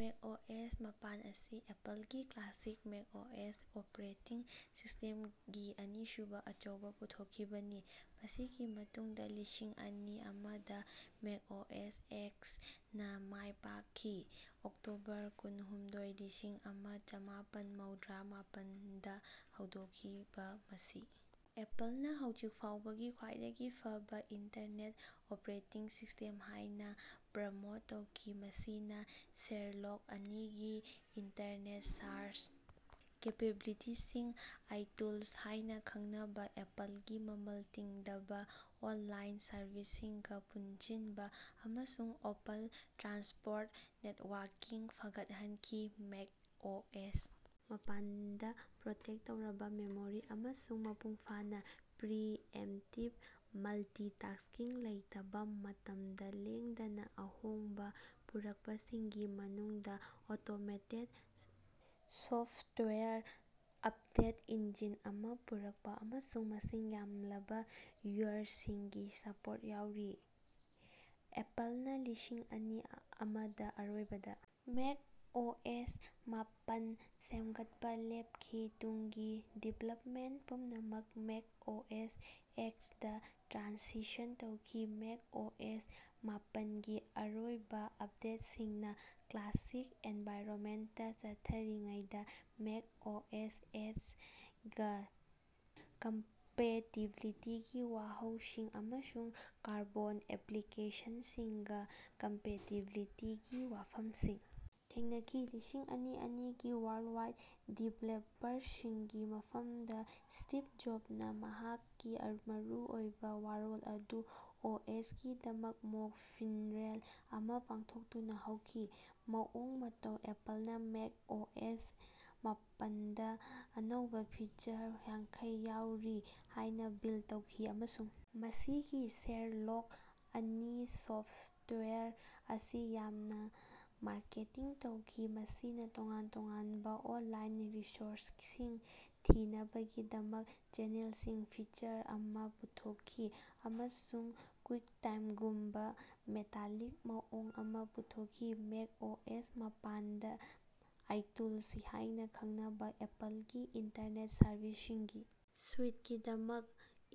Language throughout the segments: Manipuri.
ꯃꯦꯛ ꯑꯣꯑꯦꯁ ꯃꯥꯄꯟ ꯑꯁꯤ ꯑꯦꯄꯜꯒꯤ ꯀ꯭ꯂꯥꯁꯤꯛ ꯃꯦꯛ ꯑꯣꯑꯦꯁ ꯑꯣꯄꯔꯦꯇꯤꯡ ꯁꯤꯁꯇꯦꯝꯒꯤ ꯑꯅꯤꯁꯨꯕ ꯑꯆꯧꯕ ꯄꯨꯊꯣꯛꯈꯤꯕꯅꯤ ꯃꯁꯤꯒꯤ ꯃꯇꯨꯡꯗ ꯂꯤꯁꯤꯡ ꯑꯅꯤ ꯑꯃꯗꯥ ꯃꯦꯛ ꯑꯣꯑꯦꯁ ꯑꯦꯛꯁ ꯅꯥ ꯃꯥꯏ ꯄꯥꯛꯈꯤ꯫ ꯑꯣꯛꯇꯣꯕꯔ ꯀꯨꯟꯍꯨꯝꯗꯣꯏ ꯂꯤꯁꯤꯡ ꯑꯃ ꯆꯃꯥꯄꯟ ꯃꯧꯗ꯭ꯔꯥ ꯃꯥꯄꯟꯗ ꯍꯧꯗꯣꯛꯈꯤꯕ ꯃꯁꯤ ꯑꯦꯄꯜꯅꯥ ꯍꯧꯖꯤꯛ ꯐꯥꯎꯕꯒꯤ ꯈ꯭ꯋꯥꯏꯗꯒꯤ ꯐꯕ ꯏꯟꯇꯔꯅꯦꯠ ꯑꯣꯄꯔꯦꯇꯤꯡ ꯁꯤꯁ꯭ꯇꯦꯝ ꯍꯥꯏꯅ ꯄ꯭ꯔꯃꯣꯠ ꯇꯧꯈꯤ ꯃꯁꯤꯅꯥ ꯁꯦꯔꯂꯣꯛ ꯑꯅꯤꯒꯤ ꯏꯟꯇꯔꯅꯦꯠ ꯁꯥꯔꯆ ꯀꯦꯄꯦꯕꯤꯂꯤꯇꯤꯁꯤꯡ ꯑꯥꯏꯇꯨꯜꯁ ꯍꯥꯏꯅ ꯈꯪꯅꯕ ꯑꯦꯄꯜꯒꯤ ꯃꯃꯜ ꯇꯤꯡꯗꯕ ꯑꯣꯟꯂꯥꯏꯟ ꯁꯔꯚꯤꯁꯁꯤꯡꯒꯥ ꯄꯨꯟꯁꯤꯟꯕ ꯑꯃꯁꯨꯡ ꯑꯣꯄꯟ ꯇ꯭ꯔꯥꯟꯁꯄꯣꯔꯠ ꯅꯦꯠꯋꯥꯔꯀꯤꯡ ꯐꯒꯠꯍꯟꯈꯤ꯫ ꯃꯦꯛ ꯑꯣꯑꯦꯁ ꯃꯥꯄꯟꯗ ꯄ꯭ꯔꯣꯇꯦꯛ ꯇꯧꯔꯕ ꯃꯦꯃꯣꯔꯤ ꯑꯃꯁꯨꯡ ꯃꯄꯨꯡ ꯐꯥꯅꯥ ꯄ꯭ꯔꯤ ꯏꯝꯞꯇꯤꯕ ꯃꯜꯇꯤꯇꯥꯁ꯭ꯀꯤꯡ ꯂꯩꯇꯕ ꯃꯇꯝꯗ ꯂꯦꯡꯗꯕ ꯑꯍꯣꯡꯕ ꯄꯨꯔꯛꯄꯁꯤꯡꯒꯤ ꯃꯅꯨꯡꯗ ꯑꯣꯇꯣꯃꯦꯇꯦꯗ ꯁꯣꯐꯇꯋꯦꯌꯔ ꯑꯄꯗꯦꯠ ꯏꯟꯖꯤꯟ ꯑꯃꯥ ꯄꯨꯔꯛꯄ ꯑꯃꯁꯨꯡ ꯃꯁꯤꯡ ꯌꯥꯝꯂꯕ ꯌꯨꯋꯔꯁꯤꯡꯒꯤ ꯁꯄꯣꯔꯠ ꯌꯥꯎꯔꯤ꯫ ꯑꯦꯄꯜꯅꯥ ꯂꯤꯁꯤꯡ ꯑꯅꯤ ꯑꯃꯗꯥ ꯑꯔꯣꯏꯕꯗ ꯃꯦꯛ ꯑꯣꯑꯦꯁ ꯃꯥꯄꯟ ꯁꯦꯝꯒꯠꯄꯥ ꯂꯦꯞꯈꯤ ꯇꯨꯡꯒꯤ ꯗꯤꯕꯦꯂꯞꯃꯦꯟꯠ ꯄꯨꯝꯅꯃꯛ ꯃꯦꯛ ꯑꯣꯑꯦꯁ ꯑꯦꯛꯁ ꯗ ꯇ꯭ꯔꯥꯟꯁꯤꯁꯟ ꯇꯧꯈꯤ꯫ ꯃꯦꯛ ꯑꯣꯑꯦꯁ ꯃꯥꯄꯟꯒꯤ ꯑꯔꯣꯏꯕ ꯑꯞꯗꯦꯠꯁꯤꯡꯅ ꯀ꯭ꯂꯥꯁꯤꯛ ꯑꯦꯟꯚꯥꯏꯔꯅꯃꯦꯟꯇꯥ ꯆꯠꯊꯔꯤꯉꯩꯗ ꯃꯦꯛ ꯑꯣꯑꯦꯁ ꯑꯦꯛꯁ ꯒꯥ ꯀꯝꯄꯦꯇꯤꯕꯤꯂꯤꯇꯤꯒꯤ ꯋꯥꯍꯧꯁꯤꯡ ꯑꯃꯁꯨꯡ ꯀꯥꯔꯕꯣꯟ ꯑꯦꯄ꯭ꯂꯤꯀꯦꯁꯟꯁꯤꯡꯒꯥ ꯀꯝꯄꯦꯇꯤꯕꯤꯂꯤꯇꯤꯒꯤ ꯋꯥꯐꯝꯁꯤꯡ ꯊꯦꯡꯅꯈꯤ꯫ ꯂꯤꯁꯤꯡ ꯑꯅꯤ ꯑꯅꯤꯒꯤ ꯋꯥꯔꯜꯗꯋꯥꯏꯗ ꯗꯤꯕꯦꯂꯞꯄꯔꯁꯤꯡꯒꯤ ꯃꯤꯐꯝꯗ ꯁ꯭ꯇꯤꯚ ꯖꯣꯕꯅꯥ ꯃꯍꯥꯛꯀꯤ ꯃꯔꯨꯑꯣꯏꯕ ꯋꯥꯔꯣꯜ ꯑꯗꯨ ꯑꯣꯑꯦꯁꯀꯤꯗꯃꯛ ꯃꯣꯛ ꯐꯤꯟꯔꯦꯜ ꯑꯃꯥ ꯄꯥꯡꯊꯣꯛꯇꯨꯅꯥ ꯍꯧꯈꯤ꯫ ꯃꯑꯣꯡ ꯃꯇꯧ ꯑꯦꯄꯜꯅꯥ ꯃꯦꯛ ꯑꯣꯑꯦꯁ ꯃꯥꯄꯟꯗꯥ ꯑꯅꯧꯕ ꯐꯤꯆꯔ ꯌꯥꯡꯈꯩ ꯌꯥꯎꯔꯤ ꯍꯥꯏꯅꯥ ꯕꯤꯜ ꯇꯧꯈꯤ ꯑꯃꯁꯨꯡ ꯃꯁꯤꯒꯤ ꯁꯦꯔꯂꯣꯛ ꯑꯅꯤ ꯁꯣꯐ꯭ꯇꯋꯦꯌꯔ ꯑꯁꯤ ꯌꯥꯝꯅꯥ ꯃꯥꯔꯀꯦꯇꯤꯡ ꯇꯧꯈꯤ ꯃꯁꯤꯅꯥ ꯇꯣꯉꯥꯟ ꯇꯣꯉꯥꯟꯕ ꯑꯣꯟꯂꯥꯏꯟ ꯔꯤꯁꯣꯔꯁꯁꯤꯡ ꯊꯤꯅꯕꯒꯤꯗꯃꯛ ꯆꯦꯅꯦꯜꯁꯤꯡ ꯐꯤꯆꯔ ꯑꯃꯥ ꯄꯨꯊꯣꯛꯈꯤ ꯑꯃꯁꯨꯡ ꯀ꯭ꯋꯤꯛꯇꯥꯏꯝꯒꯨꯝꯕ ꯃꯦꯇꯥꯂꯤꯛ ꯃꯑꯣꯡ ꯑꯃꯥ ꯄꯨꯊꯣꯛꯈꯤ꯫ ꯃꯦꯛ ꯑꯣꯑꯦꯁ ꯃꯥꯄꯟꯗꯥ ꯑꯥꯏꯇꯨꯜꯁ ꯍꯥꯏꯅ ꯈꯪꯅꯕ ꯑꯦꯄꯜꯒꯤ ꯏꯟꯇꯔꯅꯦꯠ ꯁꯔꯚꯤꯁꯁꯤꯡꯒꯤ ꯁꯨꯏꯠꯀꯤꯗꯃꯛ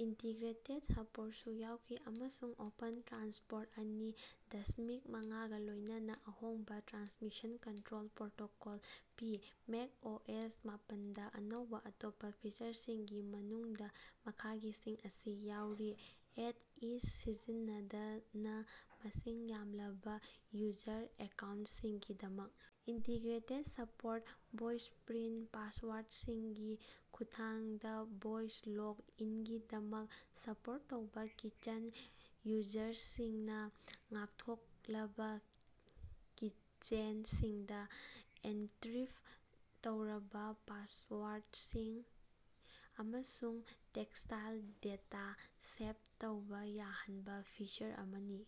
ꯏꯟꯇꯤꯒ꯭ꯔꯦꯇꯦꯗ ꯁꯄꯣꯔꯠꯁꯨ ꯌꯥꯎꯈꯤ ꯑꯃꯁꯨꯡ ꯑꯣꯄꯟ ꯇ꯭ꯔꯥꯟꯁꯄꯣꯔꯠ ꯑꯅꯤ ꯗꯁꯃꯤꯛ ꯃꯉꯥꯒꯥ ꯂꯣꯏꯅꯅ ꯑꯍꯣꯡꯕ ꯇ꯭ꯔꯥꯟꯁꯃꯤꯁꯟ ꯀꯟꯇ꯭ꯔꯣꯜ ꯄ꯭ꯔꯣꯇꯣꯀꯣꯜ ꯄꯤ꯫ ꯃꯦꯛ ꯑꯣꯑꯦꯁ ꯃꯥꯄꯟꯗꯥ ꯑꯅꯧꯕ ꯑꯇꯣꯞꯄ ꯐꯤꯆꯔꯁꯤꯡꯒꯤ ꯃꯅꯨꯡꯗ ꯃꯈꯥꯒꯤꯁꯤꯡ ꯑꯁꯤ ꯌꯥꯎꯔꯤ ꯑꯦꯠ ꯏꯖ ꯁꯤꯖꯤꯟꯅꯗꯅꯥ ꯃꯁꯤꯡ ꯌꯥꯝꯂꯕ ꯌꯨꯖꯔ ꯑꯦꯀꯥꯎꯟꯠꯁꯤꯡꯒꯤꯗꯃꯛ ꯏꯟꯇꯤꯒ꯭ꯔꯦꯇꯦꯗ ꯁꯄꯣꯔꯠ ꯚꯣꯏꯁꯄ꯭ꯔꯤꯟꯠ ꯄꯥꯁꯋꯥꯔꯗꯁꯤꯡꯒꯤ ꯈꯨꯠꯊꯥꯡꯗ ꯚꯣꯏꯁ ꯂꯣꯒ ꯏꯟꯒꯤꯗꯃꯛ ꯁꯄꯣꯔꯠ ꯇꯧꯕ ꯀꯤꯆꯟ ꯌꯨꯖꯔꯁꯤꯡꯅꯥ ꯉꯥꯛꯊꯣꯛꯂꯕ ꯀꯤꯆꯦꯟꯁꯤꯡꯗ ꯑꯦꯟꯀ꯭ꯔꯤꯞ ꯇꯧꯔꯕ ꯄꯥꯁꯋꯥꯔꯗꯁꯤꯡ ꯑꯃꯁꯨꯡ ꯇꯦꯛꯁꯇꯥꯏꯜ ꯗꯦꯇꯥ ꯁꯦꯚ ꯇꯧꯕ ꯌꯥꯍꯟꯕ ꯐꯤꯆꯔ ꯑꯃꯅꯤ꯫